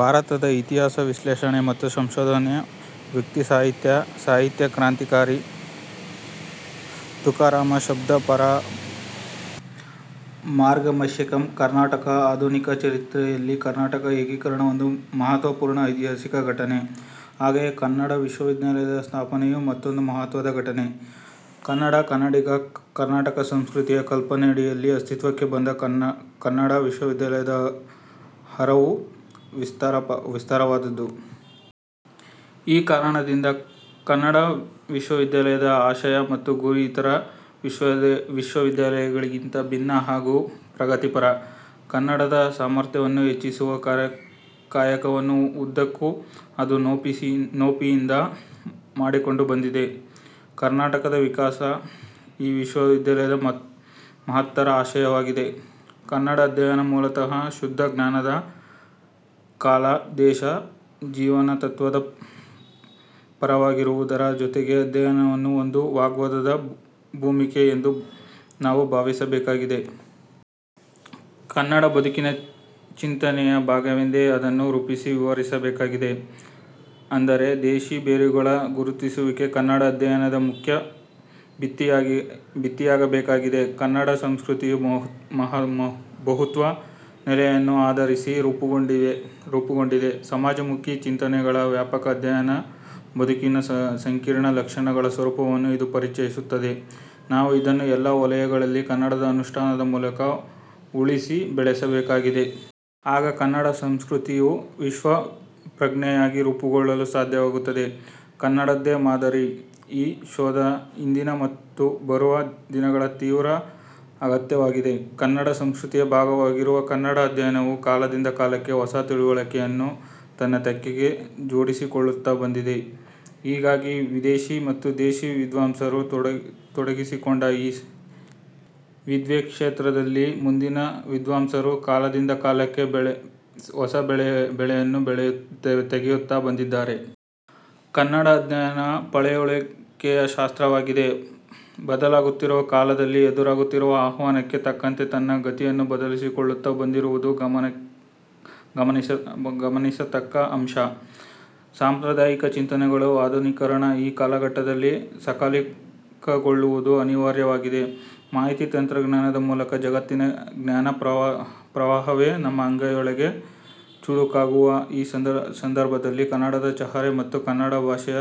ಭಾರತದ ಇತಿಹಾಸ, ವಿಶ್ಲೇಷಣೆ ಮತ್ತು ಸಂಶೋಧನೆ, ವ್ಯಕ್ತಿಸಾಹಿತ್ಯ, ಸಾಹಿತ್ಯ ಕ್ರಾಂತಿಕಾರಿ ತುಕಾರಾಮ ಶಬ್ದಪಾರಮಾರ್ಗಮಶಕ್ಯಂ ಕರ್ನಾಟಕ ಆಧುನಿಕ ಚರಿತ್ರೆಯಲ್ಲಿ ಕರ್ನಾಟಕ ಏಕೀಕರಣ ಒಂದು ಮಹತ್ವಪೂರ್ಣ ಐತಿಹಾಸಿಕ ಘಟನೆ. ಹಾಗೆಯೇ ಕನ್ನಡ ವಿಶ್ವವಿದ್ಯಾಲಯದ ಸ್ಥಾಪನೆಯೂ ಮತ್ತೊಂದು ಮಹತ್ವದ ಘಟನೆ. ಕನ್ನಡ-ಕನ್ನಡಿಗ-ಕರ್ನಾಟಕ ಸಂಸ್ಕೃತಿಯ ಕಲ್ಪನೆಯಡಿಯಲ್ಲಿ ಅಸ್ತಿತ್ವಕ್ಕೆ ಬಂದ ಕನ್ನಡ ವಿಶ್ವವಿದ್ಯಾಲಯದ ಹರವು ವಿಸ್ತಾರವಾದದ್ದು. ಈ ಕಾರಣದಿಂದ ಕನ್ನಡ ವಿಶ್ವವಿದ್ಯಾಲಯದ ಆಶಯ ಮತ್ತು ಗುರಿ ಇತರ ವಿಶ್ವವಿದ್ಯಾಲಯಗಳಿಗಿಂತ ಭಿನ್ನ ಹಾಗೂ ಪ್ರಗತಿಪರ. ಕನ್ನಡದ ಸಾಮರ್ಥ್ಯವನ್ನು ಎಚ್ಚರಿಸುವ ಕಾಯಕವನ್ನು ಉದ್ದಕ್ಕೂ ಅದು ನೋಂಪಿಯಿಂದ ಮಾಡಿಕೊಂಡು ಬಂದಿದೆ. ಕರ್ನಾಟಕತ್ವದ 'ವಿಕಾಸ' ಈ ವಿಶ್ವವಿದ್ಯಾಲಯದ ಮಹತ್ತರ ಆಶಯವಾಗಿದೆ. ಕನ್ನಡ ಅಧ್ಯಯನ ಮೂಲತಃ ಶುದ್ಧ ಜ್ಞಾನದ, ಕಾಲ, ದೇಶ, ಜೀವನ ತತ್ವದ ಪರವಾಗಿರುವುದರ ಜೊತೆಗೆ ಅಧ್ಯಯನವನ್ನು ಒಂದು ವಾಗ್ವಾದದ ಭೂಮಿಕೆ ಎಂದು ನಾವು ಭಾವಿಸಬೇಕಾಗಿದೆ. ಕನ್ನಡ ಬದುಕಿನ ಚಿಂತನೆಯ ಭಾಗವೆಂದೇ ಅದನ್ನು ರೂಪಿಸಿ ವಿವರಿಸಬೇಕಾಗಿದೆ. ಅಂದರೆ: ದೇಶಿ ಬೇರುಗಳ ಗುರುತಿಸುವಿಕೆ ಕನ್ನಡ ಅಧ್ಯಯನದ ಮುಖ್ಯ ಭಿತ್ತಿಯಾಗಬೇಕಾಗಿದೆ. ಕನ್ನಡ ಸಂಸ್ಕೃತಿಯು ಬಹುತ್ವ ನೆಲೆಗಳನ್ನು ಆಧರಿಸಿ ರೂಪುಗೊಂಡಿದೆ. ಸಮಾಜಮುಖಿ ಚಿಂತನೆಗಳ ವ್ಯಾಪಕ ಅಧ್ಯಯನ ಬದುಕಿನ ಸಂಕೀರ್ಣ ಲಕ್ಷಣಗಳ ಸ್ವರೂಪವನ್ನು ಇದು ಪರಿಚಯಿಸುತ್ತದೆ. ನಾವು ಇದನ್ನು ಎಲ್ಲ ವಲಯಗಳಲ್ಲಿ ಕನ್ನಡದ ಅನುಷ್ಠಾನದ ಮೂಲಕ ಉಳಿಸಿ, ಬೆಳೆಸಬೇಕಾಗಿದೆ. ಆಗ ಕನ್ನಡ ಸಂಸ್ಕೃತಿಯು ವಿಶ್ವಪ್ರಜ್ಞೆಯಾಗಿ ರೂಪುಗೊಳ್ಳಲು ಸಾಧ್ಯವಾಗುತ್ತದೆ. 'ಕನ್ನಡದ್ದೇ ಮಾದರಿ'ಯ ಶೋಧ ಇಂದಿನ ಮತ್ತು ಬರುವ ದಿನಗಳ ತೀವ್ರ ಅಗತ್ಯವಾಗಿದೆ. ಕನ್ನಡ ಸಂಸ್ಕೃತಿಯ ಭಾಗವಾಗಿರುವ ಕನ್ನಡ ಅಧ್ಯಯನವು ಕಾಲದಿಂದ ಕಾಲಕ್ಕೆ ಹೊಸ ತಿಳಿವಳಿಕೆಯನ್ನು ತನ್ನ ತೆಕ್ಕೆಗೆ ಜೋಡಿಸಿಕೊಳ್ಳುತ್ತ ಬಂದಿದೆ. ಹೀಗಾಗಿ ವಿದೇಶಿ ಮತ್ತು ದೇಶಿ ವಿದ್ವಾಂಸರು ತೊಡಗಿಸಿಕೊಂಡ ಈ ವಿದ್ವತ್ಕ್ಷೇತ್ರದಲ್ಲಿ ಮುಂದಿನ ವಿದ್ವಾಂಸರು ಕಾಲದಿಂದ ಕಾಲಕ್ಕೆ ಹೊಸಬೆಳೆಯನ್ನು ತೆಗೆಯುತ್ತ ಬಂದಿದ್ದಾರೆ. ಕನ್ನಡ ಅಧ್ಯಯನ ಪಳೆಯುಳಿಕೆಯ ಶಾಸ್ತ್ರವಾಗದೆ, ಬದಲಾಗುತ್ತಿರುವ ಕಾಲಮಾನದಲ್ಲಿ ಎದುರಾಗುತ್ತಿರುವ ಆಹ್ವಾನಕ್ಕೆ ತಕ್ಕಂತೆ ತನ್ನ ಗತಿಯನ್ನು ಬದಲಾಯಿಸಿಕೊಳ್ಳುತ್ತ ಬಂದಿರುವುದು ಗಮನಿಸತಕ್ಕ ಅಂಶ. ಸಾಂಪ್ರದಾಯಿಕ ಚಿಂತನೆಗಳು ಆಧುನೀಕರಣದ ಈ ಕಾಲಘಟ್ಟದಲ್ಲಿ ಸಕಾಲಿಕಗೊಳ್ಳುವುದು ಅನಿವಾರ್ಯವಾಗಿದೆ. ಮಾಹಿತಿ ತಂತ್ರಜ್ಞಾನದ ಮೂಲಕ ಜಗತ್ತಿನ ಜ್ಞಾನಪ್ರವಾಹವೇ ನಮ್ಮ ಅಂಗೈಯೊಳಗೆ ಚುಳುಕಾಗುವ ಈ ಸಂದರ್ಭದಲ್ಲಿ ಕನ್ನಡದ ಚಹರೆ ಮತ್ತು ಕನ್ನಡ ಭಾಷೆಯ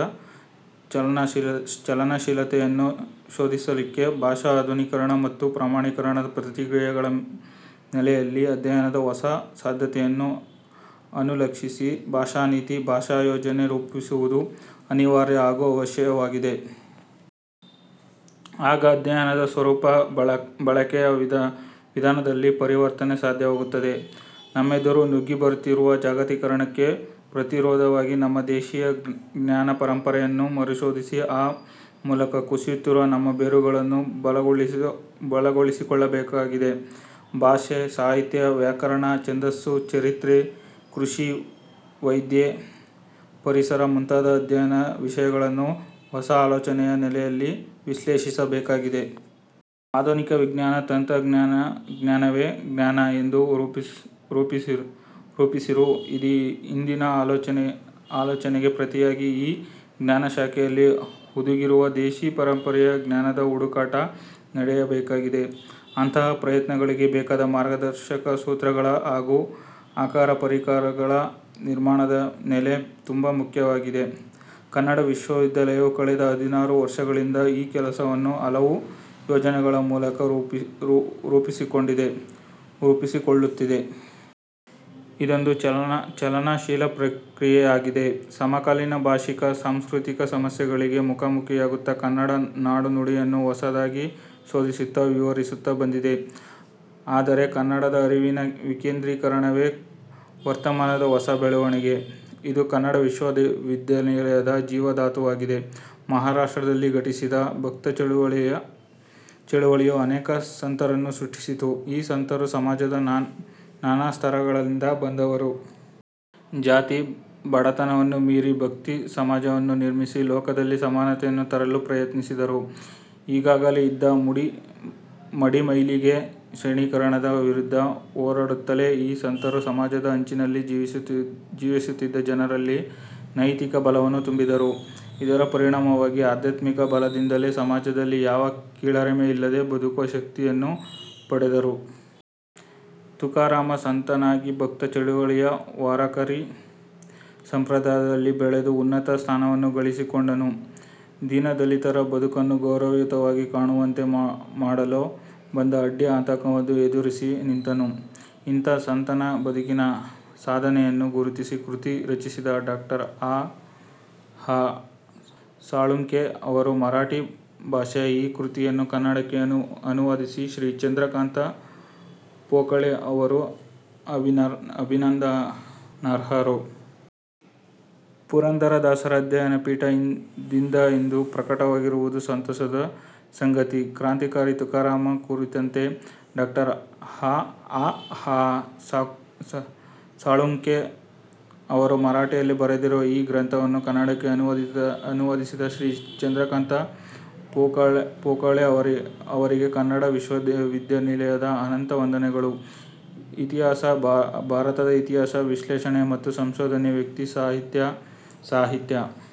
ಚಲನಶೀಲತೆಯನ್ನು ಶೋಧಿಸಲಿಕ್ಕೆ ಭಾಷಾ ಆಧುನೀಕರಣ ಮತ್ತು ಪ್ರಮಾಣೀಕರಣದ ಪ್ರಕ್ರಿಯೆಗಳ ನೆಲೆಯಲ್ಲಿ ಅಧ್ಯಯನದ ಹೊಸ ಸಾಧ್ಯತೆಗಳನ್ನು ಅನುಲಕ್ಷಿಸಿ, ಭಾಷಾನೀತಿ, ಭಾಷಾಯೋಜನೆ ರೂಪಿಸುವುದು ಅನಿವಾರ್ಯ ಹಾಗೂ ಅವಶ್ಯವಾಗಿದೆ. ಆಗ ಅಧ್ಯಯನದ ಸ್ವರೂಪ ಬಳಕೆಯ ವಿಧಾನದಲ್ಲಿ ಪರಿವರ್ತನೆ ಸಾಧ್ಯವಾಗುತ್ತದೆ. ನಮ್ಮೆದುರು ನುಗ್ಗಿ ಬರುತ್ತಿರುವ ಜಾಗತೀಕರಣಕ್ಕೆ ಪ್ರತಿರೋಧವಾಗಿ ನಮ್ಮ ದೇಶೀಯ ಜ್ಞಾನಪರಂಪರೆಯನ್ನು ಮರುಶೋಧಿಸಿ ಆ ಮೂಲಕ ಕುಸಿಯುತ್ತಿರುವ ನಮ್ಮ ಬೇರುಗಳನ್ನು ಬಲಗೊಳ್ಳಿಸಿಕೊಳ್ಳಬೇಕಾಗಿದೆ. ಭಾಷೆ, ಸಾಹಿತ್ಯ, ವ್ಯಾಕರಣ, ಛಂದಸ್ಸು, ಚರಿತ್ರೆ, ಕೃಷಿ, ವೈದ್ಯ, ಪರಿಸರ ಮುಂತಾದ ಅಧ್ಯಯನ ವಿಷಯಗಳನ್ನು ಹೊಸ ಆಲೋಚನೆಯ ನೆಲೆಯಲ್ಲಿ ವಿಶ್ಲೇಷಿಸಬೇಕಾಗಿದೆ. ಆಧುನಿಕ ವಿಜ್ಞಾನ, ತಂತ್ರಜ್ಞಾನವೇ 'ಜ್ಞಾನ' ಎಂದು ರೂಪಿಸಿರು ಇಂದಿನ ಆಲೋಚನೆಗೆ ಪ್ರತಿಯಾಗಿ ಈ ಜ್ಞಾನಶಾಖೆಗಳಲ್ಲಿ ಹುದುಗಿರುವ ದೇಶಿ ಪರಂಪರೆಯ ಜ್ಞಾನದ ಹುಟುಕಾಟ ನಡೆಯಬೇಕಾಗಿದೆ. ಅಂತಹ ಪ್ರಯತ್ನಗಳಿಗೆ ಬೇಕಾದ ಮಾರ್ಗದರ್ಶಕ ಸೂತ್ರಗಳ ಹಾಗೂ ಆಕರ ಪರಿಕರಗಳ ನಿರ್ಮಾಣದ ನೆಲೆ ತುಂಬ ಮುಖ್ಯವಾಗಿದೆ. ಕನ್ನಡ ವಿಶ್ವವಿದ್ಯಾಲಯವು ಕಳೆದ ಹದಿನಾರು ವರ್ಷಗಳಿಂದ ಈ ಕೆಲಸಗಳನ್ನು ಹಲವು ಯೋಜನೆಗಳ ಮೂಲಕ ರೂಪಿಸಿಕೊಂಡಿದೆ, ರೂಪಿಸಿಕೊಳ್ಳುತ್ತಿದೆ. ಇದೊಂದು ಚಲನಶೀಲ ಪ್ರಕ್ರಿಯೆಯಾಗಿದೆ. ಸಮಕಾಲೀನ ಭಾಷಿಕ, ಸಾಂಸ್ಕೃತಿಕ ಸಮಸ್ಯೆಗಳಿಗೆ ಮುಖಾಮುಖಿಯಾಗುತ್ತ ಕನ್ನಡ ನಾಡುನುಡಿಯನ್ನು ಹೊಸದಾಗಿ ಶೋಧಿಸುತ್ತಾ, ವಿವರಿಸುತ್ತಾ ಬಂದಿದೆ. ಅಂದರೆ:ಕನ್ನಡದ ಅರಿವಿನ ವಿಕೇಂದ್ರೀಕರಣವೇ ವರ್ತಮಾನದ ಹೊಸ ಬೆಳವಣಿಗೆ. ಇದು ಕನ್ನಡ ವಿಶ್ವವಿದ್ಯಾಲಯದ ಜೀವಧಾತುವಾಗಿದೆ. ಮಹಾರಾಷ್ಟ್ರದಲ್ಲಿ ಘಟಿಸಿದ ಭಕ್ತ ಚಳುವಳಿಯು ಅನೇಕ ಸಂತರನ್ನು ಸೃಷ್ಟಿಸಿತು. ಈ ಸಂತರು ಸಮಾಜದ ನಾನಾ ಸ್ತರಗಳಿಂದ ಬಂದವರು. ಜಾತಿ, ಬಡತನವನ್ನು ಮೀರಿ ಭಕ್ತಿಯ ಸಮಾಜವನ್ನು ನಿರ್ಮಿಸಿ, ಲೋಕದಲ್ಲಿ ಸಮಾನತೆಯನ್ನು ತರಲು ಪ್ರಯತ್ನಿಸಿದರು. ಈಗಾಗಲೇ ಇದ್ದ ಮಡಿ-ಮೈಲಿಗೆ, ಶ್ರೇಣಿಕರಣದ ವಿರುದ್ಧ ಹೋರಾಡುತ್ತಲೇ ಈ ಸಂತರು ಸಮಾಜದ ಅಂಚಿನಲ್ಲಿ ಜೀವಿಸುತ್ತಿದ್ದ ಜನರಲ್ಲಿ ನೈತಿಕ ಬಲವನ್ನು ತುಂಬಿದರು. ಇದರ ಪರಿಣಾಮವಾಗಿ ಆಧ್ಯಾತ್ಮಿಕ ಬಲದಿಂದಲೇ ಸಮಾಜದಲ್ಲಿ ಯಾವ ಕೀಳರಿಮೆ ಇಲ್ಲದೆ ಬದುಕುವ ಶಕ್ತಿಯನ್ನು ಪಡೆದರು. ತುಕಾರಾಮ ಸಂತನಾಗಿ ಭಕ್ತಿ ಚಳುವಳಿಯ 'ವಾರಕರಿ' ಸಂಪ್ರದಾಯದಲ್ಲಿ ಬೆಳೆದು ಉನ್ನತ ಸ್ಥಾನವನ್ನು ಗಳಿಸಿಕೊಂಡನು. ದೀನ ದಲಿತರ ಬದುಕನ್ನು ಗೌರಯುತವಾಗಿ ಕಾಣುವಂತೆ ಮಾಡಲು ಬಂದ ಅಡ್ಡಿ-ಆತಂಕಗಳನ್ನು ಎದುರಿಸಿ ನಿಂತನು. ಇಂಥ ಸಂತನ ಬದುಕಿನ ಸಾಧನೆಗಳನ್ನು ಗುರುತಿಸಿ ಕೃತಿ ರಚಿಸಿದ ಡಾ. ಆ. ಹ. ಸಾಳುಂಖೆ ಅವರು ಮರಾಠಿ ಭಾಷೆಯ ಈ ಕೃತಿಯನ್ನು ಕನ್ನಡಕ್ಕೆ ಅನುವಾದಿಸಿದ ಶ್ರೀ ಚಂದ್ರಕಾಂತ ಪೋಕಳೆ ಅವರು ಅಭಿನಂದನಾರ್ಹರು. 'ಪುರಂದರದಾಸರ ಆಧ್ಯಯನ ಪೀಠ' ದಿಂದ ಇದು ಪ್ರಕಟವಾಗುತ್ತಿರುವುದು ಸಂತೋಷದ ಸಂಗತಿ ಕ್ರಾಂತಿಕಾರಿ ತುಕಾರಾಮ ಕುರಿತಂತೆ ಡಾ. ಆ. ಹ. ಸಾಳುಂಖೆ ಅವರು ಮರಾಠಿಯಲ್ಲಿ ಬರೆದಿರುವ ಈ ಗ್ರಂಥವನ್ನು ಕನ್ನಡಕ್ಕೆ ಅನುವಾದಿಸಿದ ಶ್ರೀ ಚಂದ್ರಕಾಂತ ಪೋಕಳೆ ಅವರಿಗೆ ಕನ್ನಡ ವಿಶ್ವವಿದ್ಯಾಲಯದ ಅನಂತ ವಂದನೆಗಳು, ಇತಿಹಾಸ, ಭಾರತದ ಇತಿಹಾಸ, ವಿಶ್ಲೇಷಣೆ ಮತ್ತು ಸಂಶೋಧನೆ, ವ್ಯಕ್ತಿಸಾಹಿತ್ಯ, ಸಾಹಿತ್ಯ